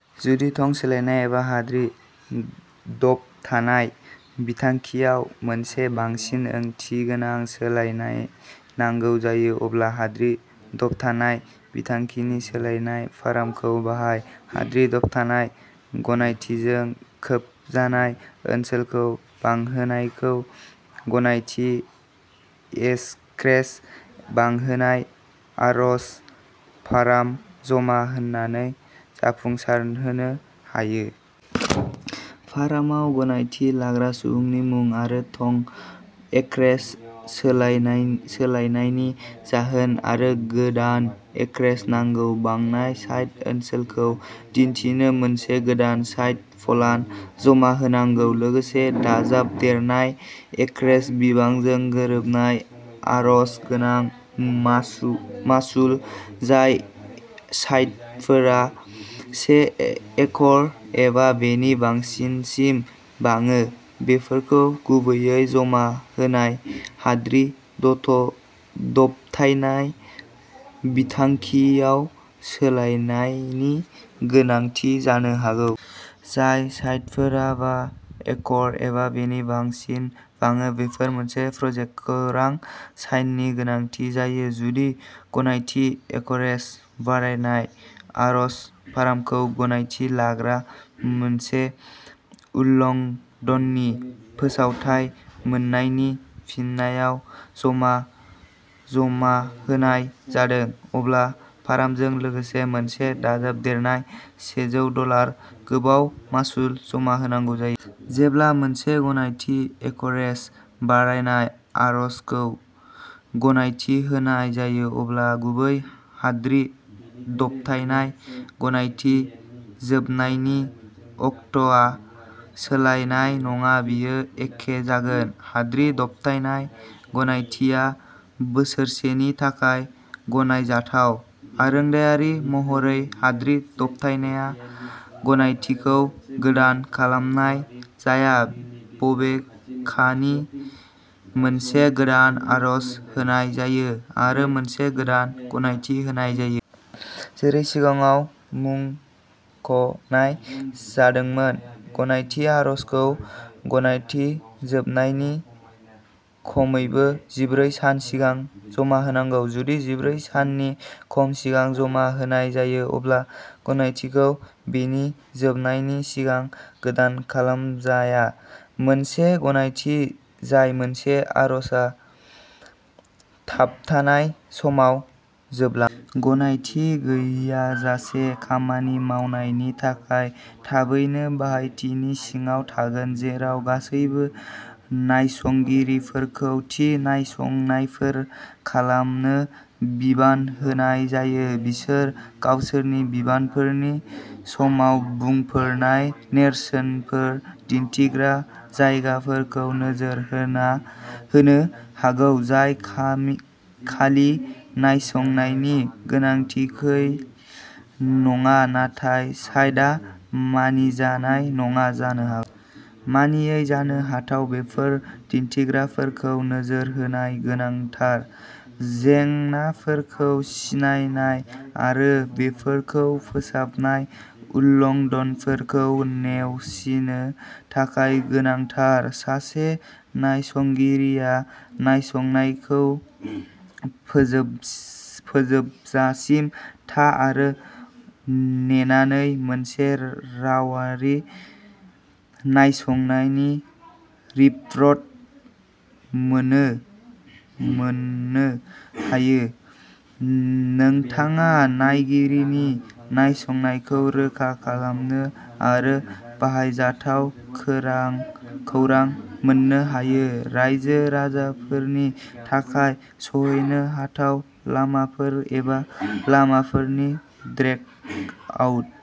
जुदि थं सोलायनाय एबा हाद्रि दबथानाय बिथांखियाव मोनसे बांसिन ओंथिगोनां सोलायनाय नांगौ जायो अब्ला हाद्रि दबथानाय बिथांखि सोलायनाय फार्मखौ बाहाय। हाद्रि दबथायनाय गनायथिजों खोबजानाय ओनसोलखौ बांहोनायखौ गनायथि एसक्रेज बांहोनाय आर'ज फार्म जमा होनानै जाफुंसारहोनो हायो। फार्मआव गनायथि लाग्रा सुबुंनि मुं आरो थं, एक्रेज सोलायनायनि जाहोन आरो गोदान एक्रेज नांगौ। बांनाय साइट ओनसोलखौ दिन्थिनाय मोनसे गोदान साइट प्लान जमा होनांगौ लोगोसे दाजाबदेरनाय एक्रेज बिबांजों गोरोबनाय आर'ज गोनां मासुल। जाय साइटफोरा से एकर एबा बेनि बांसिनसिम बाङो बेफोरो गुबैयै जमा होनाय हाद्रि दबथायनाय बिथांखियाव सोलायनायनि गोनांथि जानो हागौ। जाय साइटफोरा बा एकर एबा बेनि बांसिनसिम बाङो बेफोरो मोनसे प्रजेक्ट खौरां साइननि गोनांथि जायो। जुदि गनायथि एकरेज बारायनाय आर'ज फर्मखौ गनायथि लाग्राया मोनसे उल्लंधननि फोसावथाय मोननायनि फिननायाव जमा होनाय जादों अब्ला फर्मजों लोगोसे मोनसे दाजाबदेरनाय सेजौ डलार गोबाव मासुल जमा होनांगौ जायो। जेब्ला मोनसे गनायथि एकरेज बारायनाय आर'जखौ गनायथि होनाय जायो अब्ला गुबै हाद्रि दबथायनाय गनायथि जोबनायनि अक्ट'आ सोलायनाय नङा बेयो एखे जागोन। हाद्रि दबथायनाय गनायथिआ बोसोरसेनि थाखाय गनायजाथाव। आरोंदायारि महरै, हाद्रि दबथायनाय गनायथिखौ गोदान खालामनाय जाया बबेखानि मोनसे गोदान आर'ज होनाय जायो आरो मोनसे गोदान गनायथि होनाय जायो। जेरै सिगाङाव मुंख'नाय जादोंमोन गनायथि आर'जखौ गनायथि जोबनायनि खमैबो जिब्रै सान सिगां जमा होनांगौ। जुदि जिब्रै साननि खम सिगां जमा होनाय जायो अब्ला गनायथिखौ बेनि जोबनायनि सिगां गोदान खालामजाया। मोनसे गनायथि जाय मोनसे आर'ज थाबथानाय समाव जोबला। गनायथि गैयाजासे खामानि मावनायनि थाखाय थाबैनो बाहायथिनि सिङाव थागोन। जेराव गासैबो नायसंगिरिफोरखौ थि नायसंनायफोर खालामनो बिबान होनाय जायो, बिसोर गावसोरनि बिबानफोरनि समाव "बुंफोरनाय" नेरसोनफोर दिन्थिग्रा जायगाफोरखौ नोजोर होनो हागौ जाय खालि नायसंनायनि गोनांथिखौल' नङा नाथाय साइटआ मानिजानाय नङा जानो हागौ। मानियै जानो हाथाव बेफोर दिन्थिग्राफोरखौ नोजोर होनाया गोनांथार। जेंनाफोरखौ सिनायनाय आरो बेफोरखौ फोसाबनाया उल्लंधनफोरखौ नेवसिनो थाखाय गोनांथार। सासे नायसंगिरिआ नायसंनायखौ फोजोबजासिम था आरो नेनानै मोनसे रावारि नायसंनाय रिपर्ट मोन्नो हायो। नोंथाङा नायगिरिनि नायसंनायखौ रोखा खालामनो आरो बाहायजाथाव खौरां मोन्नो हायो। रायजो-राजाफोरनि थाखाय सौहैनो हाथाव लामाफोर एबा लामाफोरनि द्रेकआउट।